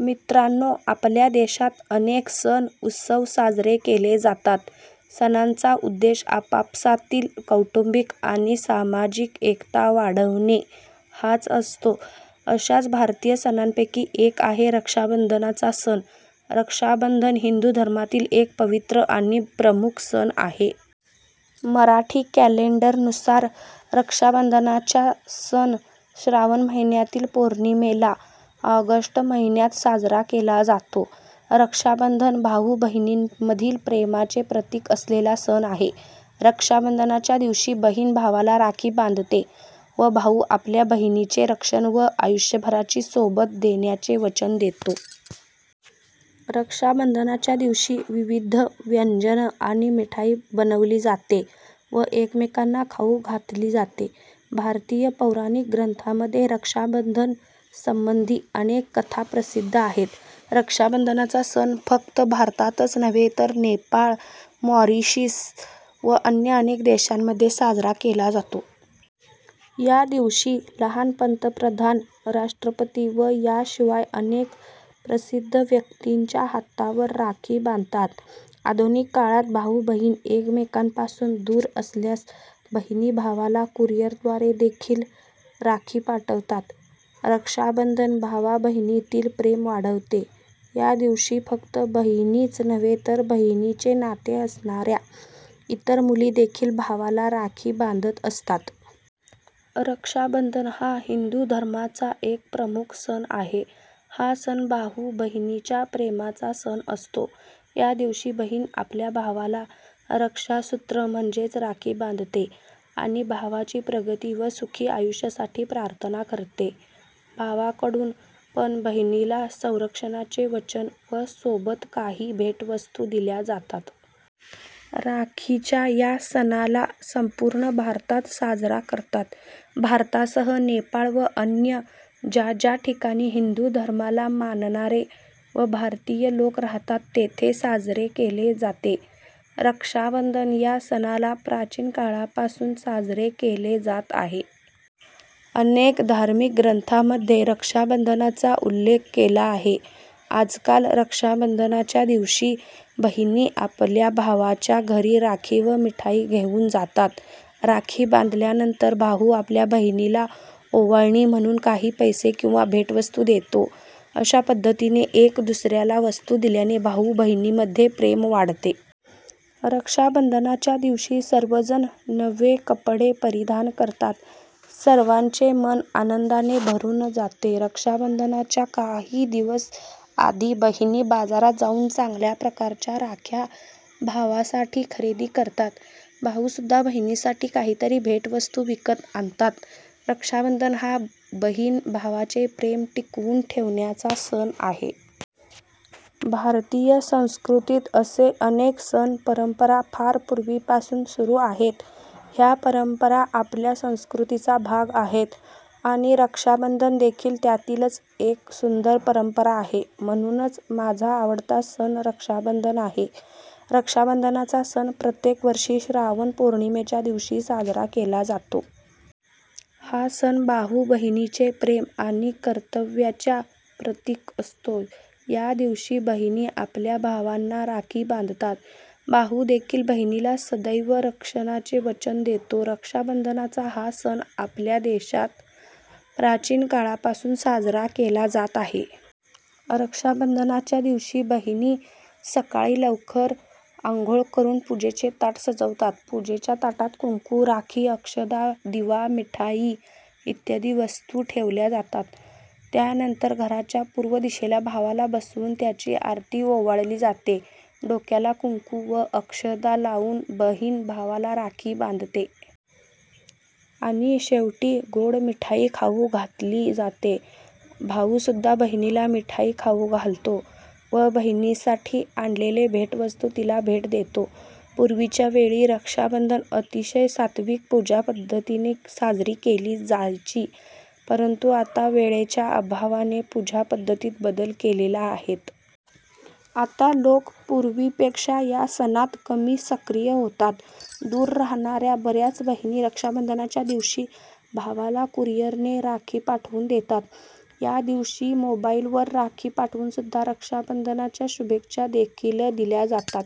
मित्रांनो आपल्या देशात अनेक सण उत्सव साजरे केले जातात. सणांचा उद्देश आपापसातील कौटुंबिक आणि सामाजिक एकता वाढवणे हाच असतो. अश्याच भारतीय सणांपैकी एक आहे रक्षाबंधनाचा सण. रक्षाबंधन हिंदू धर्मातील एक पवित्र आणि प्रमुख सण आहे. मराठी कॅलेंडर नुसार रक्षाबंधनाच्या सण श्रावण महिन्यातील पौर्णिमेला, ऑगस्ट महिन्यात साजरा केला जातो. रक्षाबंधन भाऊ बहिणींमधील प्रेमाचे प्रतिक असलेला सण आहे. रक्षाबंधनाच्या दिवशी बहिण भावाला राखी बांधते. व भाऊ आपल्या बहिणीचे रक्षण व आयुष्यभराची सोबत देण्याचे वचन देतो. रक्षाबंधनाच्या दिवशी विविध व्यंजन आणि मिठाई बनवली जाते व एकामेकांना खाऊ घातली जाते. भारतीय पौराणिक ग्रंथांमध्ये रक्षाबंधन संबंधी अनेक कथा प्रसिद्ध आहेत. रक्षाबंधनाचा सण फक्त भारतातच नव्हे तर नेपाळ, मॉरिशस व अन्य अनेक देशांमध्ये साजरा केला जातो. या दिवशी लहान पंतप्रधान, राष्ट्रपती व याशिवाय अनेक प्रसिद्ध व्यक्तींच्या हातावर राखी बांधतात. आधुनिक काळात भाऊ-बहीण एकमेकांपासून दूर असल्यास बहिणी भावाला कुरिअरद्वारे देखील राखी पाठवतात. रक्षाबंधन भावाबहिनीतील प्रेम वाढवते. या दिवशी फक्त बहिणीच नव्हे तर बहिणीचे नाते असणाऱ्या इतर मुली देखील भावाला राखी बांधत असतात. रक्षाबंधन हा हिंदू धर्माचा एक प्रमुख सण आहे. हा सण भाऊ बहिणीच्या प्रेमाचा सण असतो. या दिवशी बहीण आपल्या भावाला रक्षासुत्र, म्हणजेच राखी बांधते आणि भावाची प्रगती व सुखी आयुष्यासाठी प्रार्थना करते. भावाकडून पण बहिणीला संरक्षणाचे वचन व सोबत काही भेटवस्तू दिल्या जातात. राखीच्या या सणाला संपूर्ण भारतात साजरा करतात. भारतासह नेपाळ व अन्य ज्या ज्या ठिकाणी हिंदू धर्माला मानणारे व भारतीय लोक राहतात तेथे साजरे केले जाते. रक्षाबंधन या सणाला प्राचीन काळापासून साजरे केले जात आहे. अनेक धार्मिक ग्रंथांमध्ये रक्षाबंधनाचाउल्लेख केला आहे. आजकाल रक्षाबंधनच्या दिवशी बहिणी आपल्या भावाच्या घरी राखी व मिठाई घेऊन जातात. राखी बांधल्या नंतर भाऊ आपल्या बहिणीला ओवाळणी म्हणून काही पैसे किंवा भेटवस्तू देतो. अश्या पद्धतीने एक दुसऱ्याला वस्तू दिल्याने भाऊ बहिणी मध्ये प्रेम वाढते. रक्षाबंधनच्या दिवशी सर्वजण नवे कपडे परिधान करतात. सर्वांचे मन आनंदाने भरून जाते. रक्षाबंधनाच्या काही दिवस आधी बहिणी बाजारात जाऊन चांगल्या प्रकारच्या राख्या भावांसाठी खरेदी करतात. भाऊ सुद्धा बहिणीसाठी काहीतरी भेटवस्तू विकत आणतात. रक्षाबंधन हा बहीण भावाचे प्रेम टिकवून ठेवण्याचा सण आहे. भारतीय संस्कृतीत असे अनेक सण परंपरा फार पूर्वी पासून सुरु आहेत. ह्या परंपरा आपल्या संस्कृतीचा भाग आहेत आणि रक्षाबंधन देखील त्यातीलच एक सुंदर परंपरा आहे. म्हणूनच माझा आवडता सण रक्षाबंधन आहे. रक्षाबंधनाचा सण प्रत्येक वर्षी श्रावण पौर्णिमेच्या दिवशी साजरा केला जातो. हा सण भाऊ-बहिणीचे प्रेम आणि कर्तव्याच्या प्रतीक असतो. या दिवशी बहिणी आपल्या भावांना राखी बांधतात. भाऊ देखील बहिणीला सदैव संरक्षणाचे वचन देतो. रक्षाबंधनाचा हा सण आपल्या देशात प्राचीन काळापासून साजरा केला जात आहे. रक्षाबंधनाच्या दिवशी बहिणी सकाळी लवकर अंघोळ करून पूजेचे ताट सजवतात, पूजेच्या ताटात कुंकू, राखी, अक्षदा, दिवा, मिठाई इत्यादी वस्तू ठेवल्या जातात. त्यानंतर घराच्या पूर्व दिशेला भावाला बसवून त्याची आरती ओवाळली जाते, डोक्याला कुंकू व अक्षदा लाऊन बहीण भावाला राखी बांधते. आणि शेवटी गोड मिठाई खाऊ घातली जाते. भाऊ सुद्धा बहिणीला मिठाई खाऊ घालतो व बहिणीसाठी आणलेले भेटवस्तू तिला भेट देतो. पूर्वीच्या वेळी रक्षाबंधन अतिशय सात्विक पूजा पद्धतीने साजरी केली जायची. परंतु आता वेळेच्या अभावाने पूजा पद्धतीत बदल केलेले आहेत. आता लोक पूर्वीपेक्षा या सणात कमी सक्रिय होतात. दूर राहणाऱ्या बऱ्याच बहिणी रक्षाबंधनच्या दिवशी भावाला कुरियरने राखी पाठवून देतात. याशिवाय मोबाईल वर राखी पाठवून सुद्धा रक्षाबंधनच्या शुभेच्छा देखील दिल्या जातात.